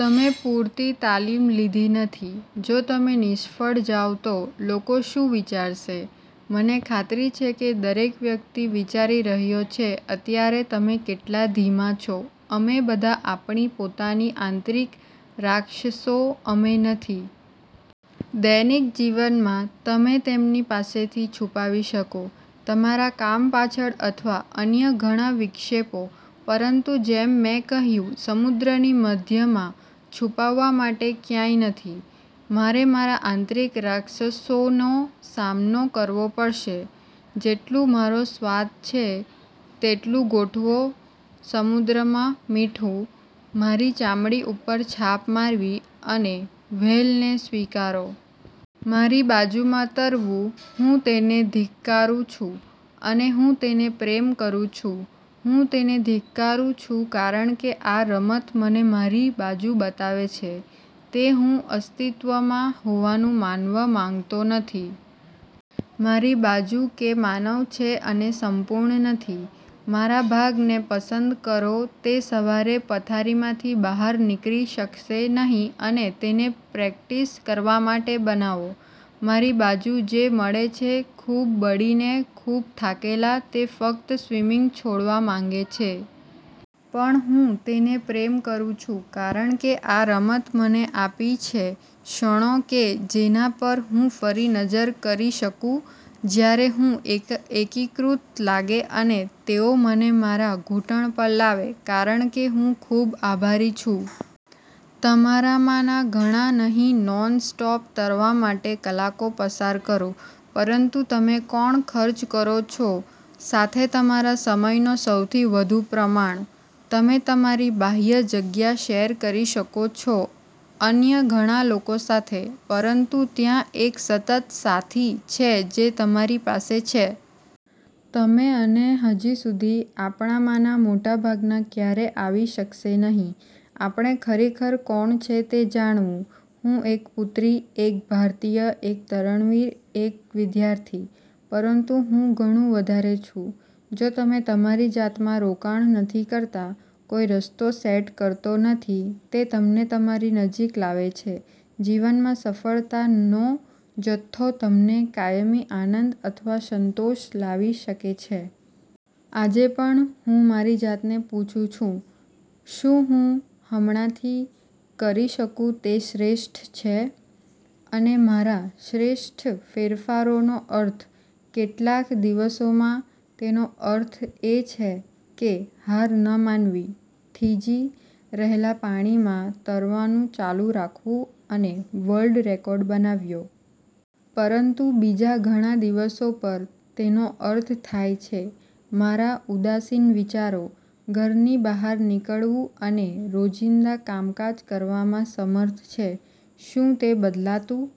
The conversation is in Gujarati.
તમે પૂરતી તાલીમ લીધી નથી. જો તમે નિષ્ફળ જાવ તો? લોકો શું વિચારશે? મને ખાતરી છે કે દરેક વ્યક્તિ વિચારી રહ્યો છે અત્યારે તમે કેટલા ધીમા છો. " અમે બધા આપણી પોતાની આંતરિક રાક્ષસો, અમે નથી? દૈનિક જીવનમાં, તમે તેમની પાસેથી છુપાવી શકો, તમારા કામ પાછળ અથવા અન્ય ઘણા વિક્ષેપો. પરંતુ જેમ મેં કહ્યું, સમુદ્રની મધ્યમાં, છુપાવવા માટે ક્યાંય નથી. મારે મારા આંતરિક રાક્ષસોનો સામનો કરવો પડશે, જેટલું મારો સ્વાદ છે તેટલું ગોઠવો સમુદ્રમાં મીઠું, મારી ચામડી ઉપર છાપ મારવી, અને વ્હેલને સ્વીકારો. મારી બાજુમાં તરવું. હું તેને ધિક્કારું છું, અને હું તેને પ્રેમ કરું છું. હું તેને ધિક્કારું છું કારણ કે આ રમત મને મારી બાજુ બતાવે છે, તે હું અસ્તિત્વમાં હોવાનું માનવા માંગતો નથી. મારી બાજુ કે માનવ છે અને સંપૂર્ણ નથી. મારા ભાગને પસંદ કરો તે સવારે પથારીમાંથી બહાર નીકળી શકશે નહીં અને તેને પ્રેક્ટિસ કરવા માટે બનાવો. મારી બાજુ જે મળે છે ખૂબ બળીને, ખૂબ થાકેલા, તે ફક્ત સ્વિમિંગ છોડવા માંગે છે. પણ હું તેને પ્રેમ કરું છું, કારણ કે આ રમત મને આપી છે ક્ષણો કે જેના પર હું ફરી નજર કરી શકું જ્યારે હું એકીકૃત લાગે અને તેઓ મને મારા ઘૂંટણ પર લાવે, કારણ કે હું ખૂબ આભારી છું. તમારામાંના ઘણા નહીં નોન સ્ટોપ તરવા માટે કલાકો પસાર કરો. પરંતુ તમે કોણ ખર્ચ કરો છો સાથે તમારા સમયનો સૌથી વધુ પ્રમાણ? તમે તમારી બાહ્ય જગ્યા શેર કરી શકો છો અન્ય ઘણા લોકો સાથે, પરંતુ ત્યાં એક સતત સાથી છે જે તમારી પાસે છે. તમે અને હજી સુધી, આપણામાંના મોટા ભાગના ક્યારેય આવી શકશે નહીં. આપણે ખરેખર કોણ છે તે જાણવું. હું એક પુત્રી, એક ભારતીય, એક તરણવીર, એક વિદ્યાર્થી. પરંતુ હું ઘણું વધારે છું. જો તમે તમારી જાતમાં રોકાણ નથી કરતા, કોઈ રસ્તો સેટ કરતો નથી તે તમને તમારી નજીક લાવે છે, જીવનમાં સફળતા નો જથ્થો તમને કાયમી આનંદ અથવા સંતોષ લાવી શકે છે. આજે પણ, હું મારી જાતને પૂછું છું, "શું હું હમણાંથી કરી શકું તે શ્રેષ્ઠ છે? " અને મારા "શ્રેષ્ઠ" ફેરફારોનો અર્થ. કેટલાક દિવસોમાં, તેનો અર્થ એ છે કે હાર ન માનવી, થીજી રહેલા પાણીમાં તરવાનું ચાલુ રાખવું અને વર્લ્ડ રેકોર્ડ બનાવ્યો. પરંતુ બીજા ઘણા દિવસો પર, તેનો અર્થ થાય છે મારા ઉદાસીન વિચારો, ઘરની બહાર નીકળવું અને રોજિંદા કામકાજ કરવામાં સમર્થ છે. શું તે બદલાતું